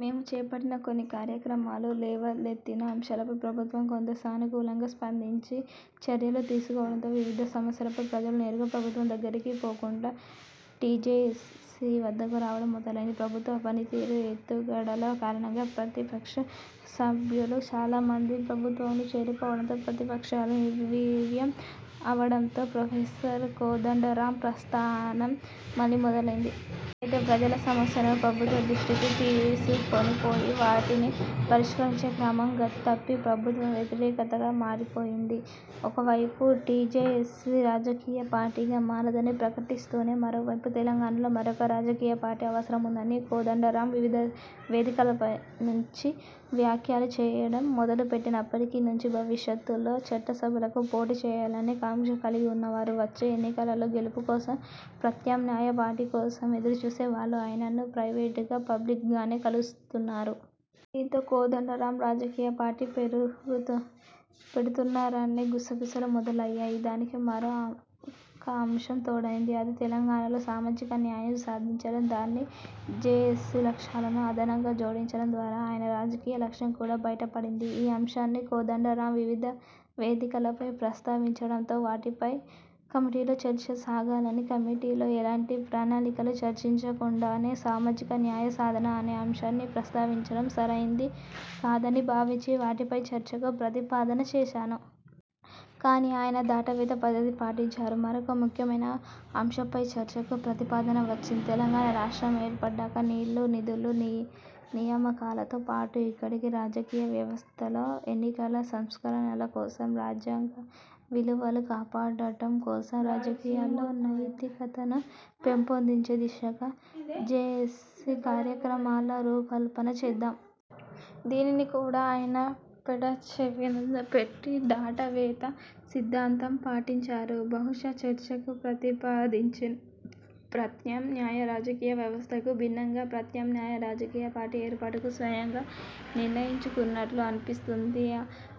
మేము చేపట్టిన కొన్ని కార్యక్రమాలు, లేవనెత్తిన అంశాలపై ప్రభుత్వం కొంత సానుకూలంగా స్పందించి చర్యలు తీసుకోవడంతో వివిధ సమస్యలపై ప్రజలు నేరుగా ప్రభుత్వం దగ్గరికి పోకుండా టీజేఏసీ వద్దకు రావడం మొదలైంది. ప్రభుత్వ పనితీరు, ఎత్తుగడల కారణంగా ప్రతిపక్ష సభ్యులు చాలా మంది ప్రభుత్వంలో చేరిపోవడంతో ప్రతిపక్షాలు నిర్వీర్యం అవడంతో ప్రొఫెసర్ కోదండరామ్ ప్రస్థానం మళ్లీ మొదలైంది. అయితే ప్రజల సమస్యలను ప్రభుత్వ దృష్టికి తీసుకొని పోయి వాటిని పరిష్కరించే క్రమం 'గతి తప్పి' ప్రభుత్వ వ్యతిరేకతగా మారిపోయింది. ఒకవైపు టీజేఏసీ రాజకీయ పార్టీగా మారదని ప్రకటిస్తూనే మరోవైపు తెలంగాణలో మరొక రాజకీయ పార్టీ అవసరం ఉందని కోదండరామ్ వివిధ వేదికలపై నుంచి వ్యాఖ్యలు చేయడం మొదలుపెట్టినప్పటి నుంచీ భవిష్యత్లో చట్టసభలకు పోటీ చేయాలనే కాంక్ష కలిగి ఉన్నవారు, వచ్చే ఎన్నికలలో గెలుపు కోసం ప్రత్యామ్నాయ పార్టీ కోసం ఎదురుచూసే వాళ్ళు ఆయనను ప్రైవేటుగా, పబ్లిక్గానే కలుస్తున్నారు. దీంతో కోదండరాం రాజకీయ పార్టీ పెడుతున్నారనే గుసగుసలు మొదలయ్యాయి. దానికి మరొక అంశం తోడైంది. అది 'తెలంగాణలో సామాజిక న్యాయం సాధించడం' దాన్ని జేఏసీ లక్ష్యాలకు అదనంగా జోడించడం ద్వారా ఆయన రాజకీయ లక్ష్యం కూడా బయటపడింది. ఈ అంశాన్ని కోదండరామ్ వివిధ వేదికలపై ప్రస్తావించడంతో వాటిపై కమిటీలో చర్చ సాగాలని కమిటీలో ఎలాంటి ప్రణాళికలు రచించకుండానే సామాజిక న్యాయ సాధన అనే అంశాన్ని ప్రస్తావించడం సరైంది కాదని భావించి వాటిపై చర్చకు ప్రతిపాదన చేశాను. కానీ ఆయన దాటవేత పద్ధతి పాటించారు. మరొక ముఖ్యమైన అంశంపై చర్చకు ప్రతిపాదన వచ్చింది 'తెలంగాణ రాష్ట్రం ఏర్పడ్డాక నీళ్ళు, నిధులు, నియామకాలతో పాటు ఇక్కడి రాజకీయ వ్యవస్థలో ఎన్నికల సంస్కరణల కోసం, రాజ్యాంగ విలువలు కాపాడటం కోసం, రాజకీయాల్లో నైతికతను పెంపొందించే దిశగా జేఏసీ కార్యక్రమాల రూపకల్పన చేద్దాం'. దీనిని కూడా ఆయన పెడచెవిన పెట్టి దాటవేత సిద్ధాంతం పాటించారు. బహుశా చర్చకు ప్రతిపాదించిన ప్రత్యామ్నాయ రాజకీయ వ్యవస్థకు భిన్నంగా ప్రత్యామ్నాయ రాజకీయ పార్టీ ఏర్పాటుకు స్వయంగా నిర్ణయించుకున్నట్లు అనిపిస్తుంది.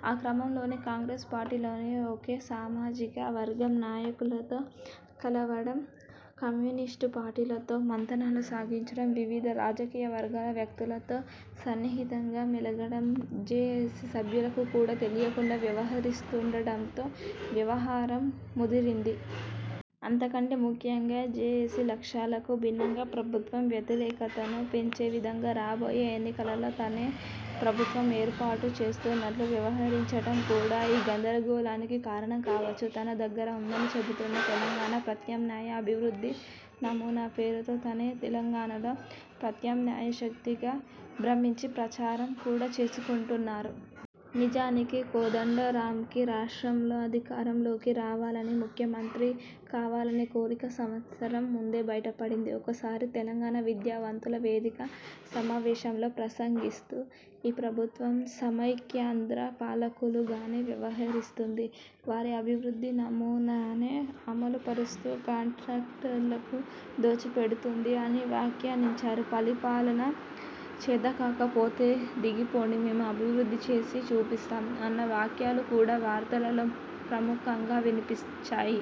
ఆ క్రమంలోనే కాంగ్రెస్ పార్టీలోని ఒకే సామాజిక వర్గం నాయకులతో కలవడం, కమ్యూనిస్టు పార్టీలతో మంతనాలు సాగించడం వివిధ రాజకీయ వర్గాల వ్యక్తులతో సన్నిహితంగా మెలగడం, జేఏసీ సభ్యులకు కూడా తెలియకుండా వ్యవహరిస్తుండడంతో వ్యవహారం ముదిరింది. అంతకంటే ముఖ్యంగా జేఏసీ లక్ష్యాలకు భిన్నంగా ప్రభుత్వంపై వ్యతిరేకతను పెంచే విధంగా రాబోయే ఎన్నికలలో తనే ప్రభుత్వం ఏర్పాటు చేస్తున్నట్లు వ్యవహరించటం కూడా ఈ గందరగోళానికి కారణం కావచ్చు. తన దగ్గర ఉందని చెబుతున్న 'తెలంగాణ ప్రత్యామ్నాయ అభివృద్ధి నమూనా' పేరుతో తనే తెలంగాణలో ప్రత్యామ్నాయ శక్తిగా భ్రమించి ప్రచారం కూడా చేసుకుంటున్నారు. నిజానికి కోదండరామ్కి రాష్ట్రంలో అధికారంలోకి రావాలని, ముఖ్యమంత్రి కావాలనే 'కోరిక' సంవత్సరం ముందే బయటపడింది. ఒకసారి తెలంగాణ విద్యావంతుల వేదిక సమావేశంలో ప్రసంగిస్తూ 'ఈ ప్రభుత్వం సమైక్యాంధ్ర పాలకులుగానే వ్యవహరిస్తుంది – వారి అభివృద్ధి నమూనానే అమలు పరుస్తూ కాంట్రాక్టర్లకు దోచిపెడుతుంది' అని వ్యాఖ్యానించారు. 'పరిపాలన చేతకాక పోతే దిగిపోండి, మేము అభివృద్ధి చేసి చూపిస్తాం' అన్న వ్యాఖ్యలు కూడా వార్తలలో ప్రముఖంగా వినిపించాయి.